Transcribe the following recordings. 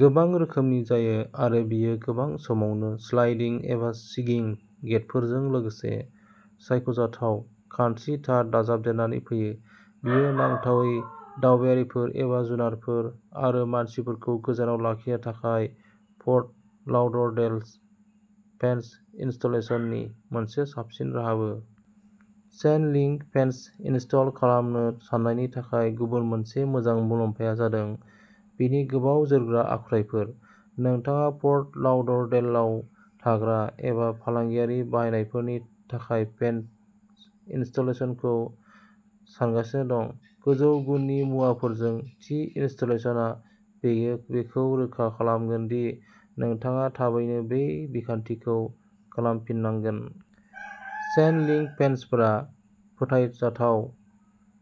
गोबां रोखोमनि जायो आरो बेयो गोबां समावनो स्लाइडिं एबा स्विंगिं गेटफोरजों लोगोसे सायख'जाथाव खानस्रि तार दाजाबदेरनानै फैयो। बेयो नांथावै दावबायारिफोर एबा जुनारफोर आरो मानसिफोरखौ गोजानाव लाखिनो थाखाय फर्ट लाउडरडेल फेन्स इनस्टलेशननि मोनसे साबसिन राहाबो। चेन लिंक फेन्स इनस्टल खालामनो साननायनि थाखाय गुबुन मोनसे मोजां मुलाम्फाया जादों बेनि गोबाव जोरग्रा आखुथायफोर। नोंथाङा फर्ट लाउडरडेलआव थाग्रा एबा फालांगियारि बाहायनायफोरनि थाखाय फेन्स इनस्टलेशनखौ सानगासिनो दं, गोजौ गुननि मुवाफोरजों थि इनस्टलेशनआ बेखौ रोखा खालामगोन दि नोंथाङा थाबैनो बे बिखान्थिखौ खालामफिननांगोन। चेन लिंक फेन्सफोरा फोथायजाथाव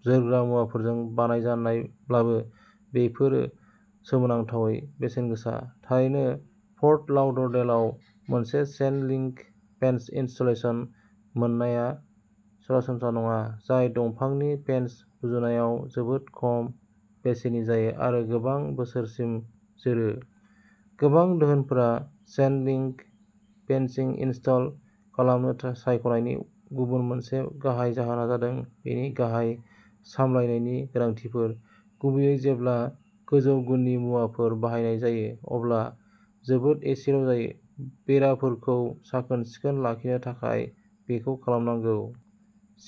जोरग्रा मुवाफोरजों बानायजानायब्लाबो, बेफोरो सोमोनांथावै बेसेनगोसा। थारैनो, फर्ट लाउडरडेलआव मोनसे चेन लिंक फेन्स इनस्टलेशन मोननाया सरासनस्रा नङा, जाय दंफांनि फेन्सनि रुजुनायाव जोबोद खम बेसेननि जायो आरो गोबां बोसोरसिम जोरो। गोबां दोहोनफोरा चेन लिंक फेन्सिं इनस्टल खालामनो सायख'नायनि गुबुन मोनसे गाहाय जाहोना जादों बेनि गाहाय सामलायनायनि गोनांथिफोर। गुबैयै जेब्ला गोजौ गुननि मुवाफोर बाहायनाय जायो, अब्ला जोबोद एसेल' जायो। बेराफोरखौ साखोन-सिखोन लाखिनो थाखाय बेखौ खालामनांगौ।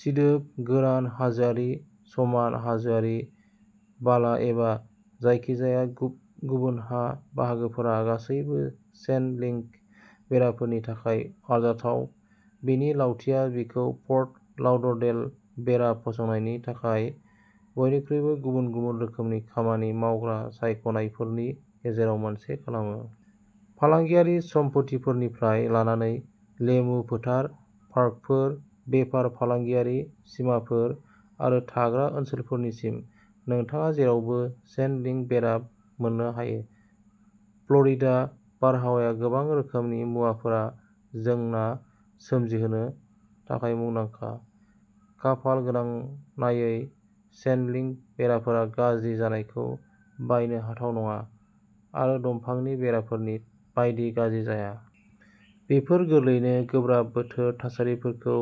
सिदोब, गोरान, हाजोआरि, समान, हाजोआरि, बाला एबा जायखिजाया गुबुन गुबुन हा बाहागोफोरा गासैबो चेन लिंक बेराफोरनि थाखाय आरजाथाव। बेनि लावथिया बेखौ फर्ट लाउडरडेल बेरा फसंनायनि थाखाय बयनिख्रुइबो गुबुन-गुबुन रोखोमनि खामानि मावग्रा सायख'नायफोरनि गेजेराव मोनसे खालामो। फालांगियारि सम्पथिफोरनिफ्राय लानानै लेमु फोथार, पार्कफोर, बेफार-फालांगियारि सिमाफोर आरो थाग्रा ओनसोलफोरसिम, नोंथाङा जेरावबो चेन लिंक बेरा मोननो हायो। फ्लरिडा बारहावाया गोबां रोखोमनि मुवाफोराव जेंना सोमजिहोनो थाखाय मुंदांखा। खाफाल गोनांनायै, चेन लिंक बेराफोरा गाज्रि जानायखौ बायनो हाथाव नङा आरो दंफांनि बेराफोरनि बायदि गाज्रि जाया। बेफोर गोरलैयैनो गोब्राब बोथोर थासारिफोरखौ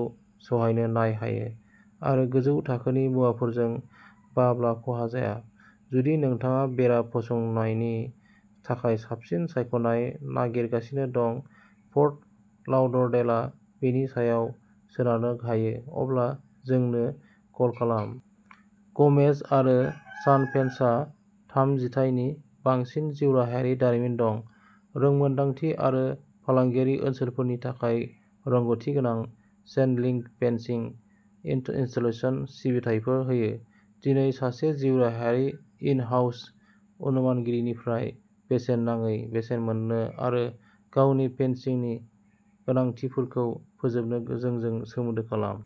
सहायनो नायहायो आरो गोजौ थाखोनि मुवाफोरजों बाब्ला ख'हा जाया। जुदि नोंथाङा बेरा फसंनायनि थाखाय साबसिन सायख'नाय नागिरगासिनो दं, फर्ट लाउडरडेलआ बेनि सायाव सोनारनो हायो, अब्ला जोंनो कल खालाम। ग'मेज आरो सन फेन्सहा थाम जिथायनि बांसिन जिउराहायारि दारिमिन दं। रोंमोन्दांथि आरो फालांगियारि ओनसोलफोरनि थाखाय रोंग'थिगोनां चेन लिंक फेंसिंग इनस्टलेशन सिबिथाइफोर होयो। दिनै सासे जिउराहायारि इन-हाउस अनुमानगिरिनिफ्राय बेसेन नाङै बेसेन मोन्नो आरो गावनि फेनसिंनि गोनांथिफोरखौ फोजोबनो जोंजों सोमोन्दो खालाम।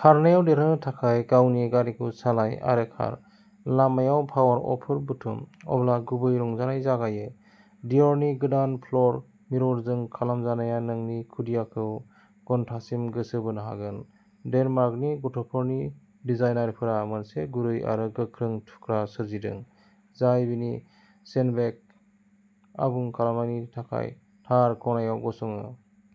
खारनायाव देरहानो थाखाय गावनि गारिखौ सालाय आरो खार। लामायाव पावार आपफोर बुथुम। अब्ला गुबै रंजानाय जागायो। डियरनि गोदान फ्ल'र मिररजों खालामजानाया नोंनि खुदियाखौ घन्टासिम गोसो बोनो हागोन। डेनमार्कनि गथ'फोरनि डिजाइनार फोरा मोनसे गुरै आरो गोख्रों थुख्रा सोरजिदों जाय बिनि सेन्डबेग आबुं खालामनायनि थाखाय थार खनायाव गसङो।